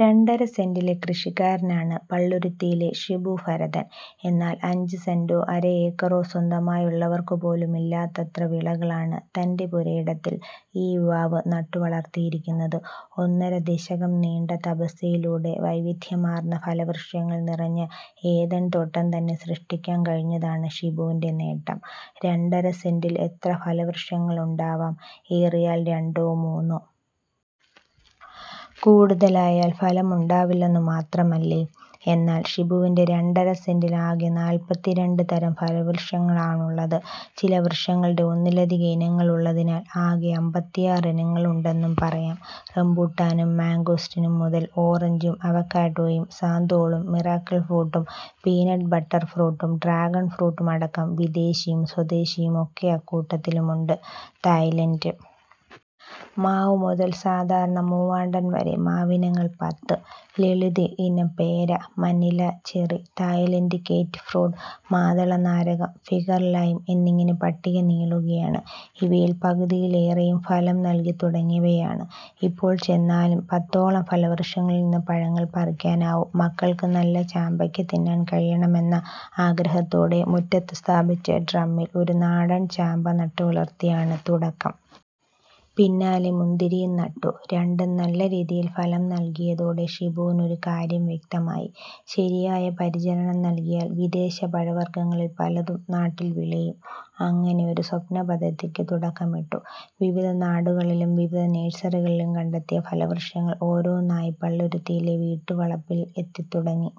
രണ്ടര സെന്റിലെ കൃഷിക്കാരനാണ് പള്ളുരുത്തിയിലെ ഷിബു ഭരതൻ. എന്നാൽ അഞ്ചുസെന്റോ അരയേക്കറോ സ്വന്തമായുള്ളവർക്കുപോലുമില്ലാത്തത്ര വിളകളാണ് തന്റെ പുരയിടത്തിൽ ഈ യുവാവ് നട്ടുവളർത്തിയിരിക്കുന്നത്. ഒന്നര ദശകം നീണ്ട തപസ്യയിലൂടെ വൈവിധ്യമാർന്ന ഫലവൃക്ഷങ്ങൾ നിറഞ്ഞ ഏദൻതോട്ടംതന്നെ സൃഷ്ടിക്കാൻ കഴിഞ്ഞതാണ് ഷിബുവിന്റെ നേട്ടം. രണ്ടര സെന്റിൽ എത്ര ഫലവൃക്ഷങ്ങളുണ്ടാവാം. ഏറിയാൽ രണ്ടോ മൂന്നോ. കൂടുതലായാൽ ഫലമുണ്ടാവില്ലെന്നു മാത്രമല്ലേ. എന്നാൽ ഷിബുവിന്റെ രണ്ടര സെന്റിൽ ആകെ നാൽപ്പത്തിരണ്ട് തരം ഫലവൃക്ഷങ്ങളാണുള്ളത്. ചില വൃക്ഷങ്ങളുടെ ഒന്നിലധികം ഇനങ്ങളുള്ളതിനാൽ ആകെ അമ്പത്തിയാറ് ഇനങ്ങളുണ്ടെന്നും പറയാം. റംബുട്ടാനും മംഗോസ്റ്റിനും മുതൽ ഓറഞ്ചും അവക്കാഡോയും സാന്തോളും മിറക്കിൾ ഫ്രൂട്ടും പീനട്ട് ബട്ടർ ഫ്രൂട്ടും ഡ്രാഗൺ ഫ്രൂട്ടുമടക്കം വിദേശിയും സ്വദേശിയുമൊക്കെ അക്കൂട്ടത്തിലുണ്ട്. തായ്‌ലൻഡ് മാവ് മുതൽ സാധാരണ മൂവാണ്ടൻ വരെ മാവിനങ്ങൾ പത്ത്. ലളിത് ഇനം പേര, മനില ചെറി, തായ്‌ലൻഡ് കേറ്റ് ഫ്രൂട്ട്, മാതളനാരകം, ഫിഗർ ലൈം എന്നിങ്ങനെ പട്ടിക നീളുകയാണ്. അവയിൽ പകുതിയിലേറെയും ഫലം നൽകിത്തുടങ്ങിയവയാണ്. ഇപ്പോൾ ചെന്നാലും പത്തോളം ഫലവൃക്ഷങ്ങളിൽനിന്ന് പഴങ്ങൾ പറിക്കാനാവും. മക്കൾക്ക് നല്ല ചാമ്പങ്ങ തിന്നാൻ കഴിയണമെന്ന ആഗ്രഹത്തോടെ മുറ്റത്ത് സ്ഥാപിച്ച ഡ്രമ്മിൽ ഒരു നാടൻ ചാമ്പ നട്ടുവളർത്തിയാണ് തുടക്കം. പിന്നാലെ മുന്തിരിയും നട്ടു. രണ്ടും നല്ല രീതിയിൽ ഫലം നൽകിയതോടെ ഷിബുവിന് ഒരു കാര്യം വ്യക്തമായി. ശരിയായ പരിചരണം നൽകിയാൽ വിദേശ പഴവർഗങ്ങളിൽ പലതും നാട്ടിൽ വിളയും. അങ്ങനെ ഒരു സ്വപ്നപദ്ധതിക്ക് തുടക്കമിട്ടു. വിവിധ നാടുകളിലും വിവിധ നഴ്സറികളിലും കണ്ടെത്തിയ ഫലവൃക്ഷങ്ങൾ ഓരോന്നായി പള്ളുരുത്തിയിലെ വീട്ടുവളപ്പിൽ എത്തിത്തുടങ്ങി.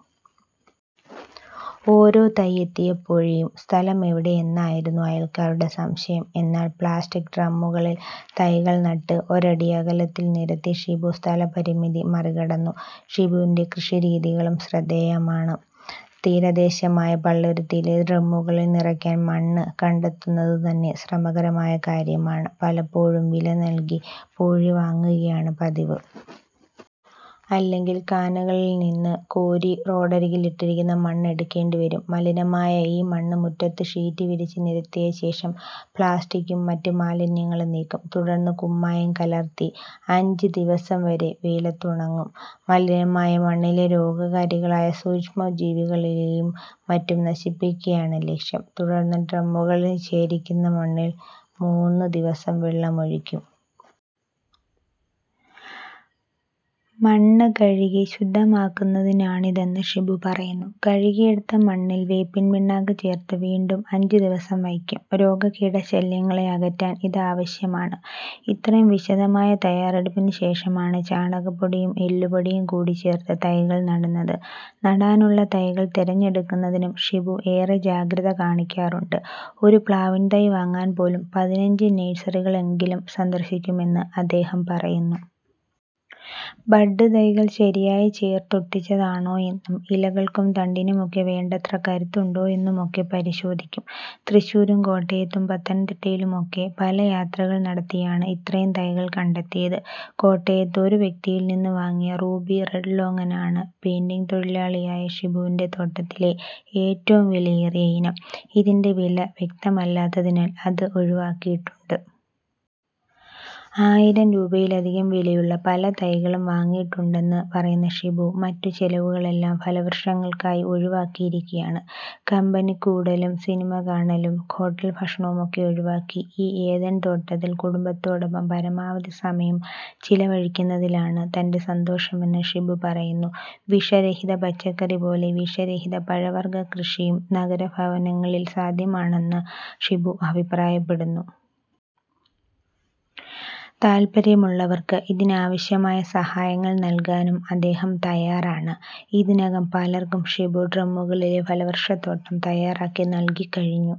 ഓരോ തൈ എത്തിയപ്പോഴും സ്ഥലമെവിടെ എന്നായിരുന്നു അയൽക്കാരുടെ സംശയം. എന്നാൽ പ്ലാസ്റ്റിക് ഡ്രമ്മുകളിൽ തൈകൾ നട്ട് ഒരടി അകലത്തിൽ നിരത്തി ഷിബു സ്ഥലപരിമിതി മറികടന്നു. ഷിബുവിന്റെ കൃഷിരീതികളും ശ്രദ്ധേയമാണ്. തീരദേശമായ പള്ളുരുത്തിയിൽ ഡ്രമ്മുകളിൽ നിറയ്ക്കാൻ മണ്ണ് കണ്ടെത്തുന്നതുതന്നെ ശ്രമകരമായ കാര്യമാണ്. പലപ്പോഴും വില നൽകി പൂഴി വാങ്ങുകയാണ് പതിവ്. അല്ലെങ്കിൽ കാനകളിൽനിന്ന് കോരി റോഡരികിലിട്ടിരിക്കുന്ന മണ്ണ് എടുക്കേണ്ടിവരും. മലിനമായ ഈ മണ്ണ് മുറ്റത്ത് ഷീറ്റ് വിരിച്ചു നിരത്തിയശേഷം പ്ലാസ്റ്റിക്കും മറ്റ് മാലിന്യങ്ങളും നീക്കും. തുടർന്ന് കുമ്മായം കലർത്തി അഞ്ച് ദിവസം വെയിലത്തുണങ്ങും. മലിനമായ മണ്ണിലെ രോഗകാരികളായ സൂക്ഷ്മജീവികളെയും മറ്റും നശിപ്പിക്കുകയാണ് ലക്ഷ്യം. തുടർന്ന് ഡ്രമ്മുകളിൽ ശേഖരിക്കുന്ന മണ്ണിൽ മൂന്ന് ദിവസം വെള്ളമൊഴിക്കും. മണ്ണ് കഴുകി ശുദ്ധമാക്കുന്നതിനാണിതെന്ന് ഷിബു പറയുന്നു. കഴുകിയെടുത്ത മണ്ണിൽ വേപ്പിൻപിണ്ണാക്ക് ചേർത്ത് വീണ്ടും അഞ്ച് ദിവസം വയ്ക്കും. രോഗകീടശല്യങ്ങളെ അകറ്റാൻ ഇതാവശ്യമാണ്. ഇത്രയും വിശദമായ തയാറെടുപ്പിനുശേഷമാണ് ചാണകപ്പൊടിയും എല്ലുപൊടിയും കൂടി ചേർത്ത് തൈകൾ നടുന്നത്. നടാനുള്ള തൈകൾ തിരഞ്ഞെടുക്കുന്നതിനും ഷിബു ഏറെ ജാഗ്രത കാണിക്കാറുണ്ട്. ഒരു പ്ലാവിൻതൈ വാങ്ങാൻ പോലും പതിനഞ്ച് നഴ്സറികളെങ്കിലും സന്ദർശിക്കുമെന്ന് അദ്ദേഹം പറയുന്നു. ബഡ് തൈകൾ ശരിയായി ചേർത്തൊട്ടിച്ചതാണോയെന്നും ഇലകൾക്കും തണ്ടിനുമൊക്കെ വേണ്ടത്ര കരുത്തുണ്ടോയെന്നുമൊക്കെ പരിശോധിക്കും. തൃശ്ശൂരും കോട്ടയത്തും പത്തനംതിട്ടയിലുമൊക്കെ പല യാത്രകൾ നടത്തിയാണ് ഇത്രയും തൈകൾ കണ്ടെത്തിയത്. കോട്ടയത്ത് ഒരു വ്യക്തിയിൽനിന്ന് വാങ്ങിയ റൂബി റെഡ് ലോംഗനാണ് പെയിന്റിങ് തൊഴിലാളിയായ ഷിബുവിന്റെ തോട്ടത്തിലെ ഏറ്റവും വിലയേറിയ ഇനം. ഇതിന്റെ വില വ്യക്തമല്ലാത്തതിനാൽ അത് ഒഴിവാക്കിയിട്ടുണ്ട്. ആയിരം രൂപയിലധികം വിലയുള്ള പല തൈകളും വാങ്ങിയിട്ടുണ്ടെന്ന് പറയുന്ന ഷിബു മറ്റു ചെലവുകളെല്ലാം ഫലവൃക്ഷങ്ങൾക്കായി ഒഴിവാക്കിയിരിക്കുകയാണ്. കമ്പനിക്കൂടലും സിനിമ കാണലും ഹോട്ടൽ ഭക്ഷണവുമൊക്കെ ഒഴിവാക്കി ഈ ഏദൻതോട്ടത്തിൽ കുടുംബത്തോടൊപ്പം പരമാവധി സമയം ചെലവഴിക്കുന്നതിലാണ് തന്റെ സന്തോഷമെന്ന് ഷിബു പറയുന്നു. വിഷരഹിത പച്ചക്കറി പോലെ വിഷരഹിത പഴവർഗക്കൃഷിയും നഗരഭവനങ്ങളിൽ സാധ്യമാണെന്ന് ഷിബു അഭിപ്രായപ്പെട്ടു. താൽപര്യമുള്ളവർക്ക് ഇതിനാവശ്യമായ സഹായങ്ങൾ നൽകാനും അദ്ദേഹം തയാറാണ്. ഇതിനകം പലർക്കും ഷിബു ഡ്രമ്മുകളിലെ ഫലവൃക്ഷത്തോട്ടം തയാറാക്കി നൽകിക്കഴിഞ്ഞു.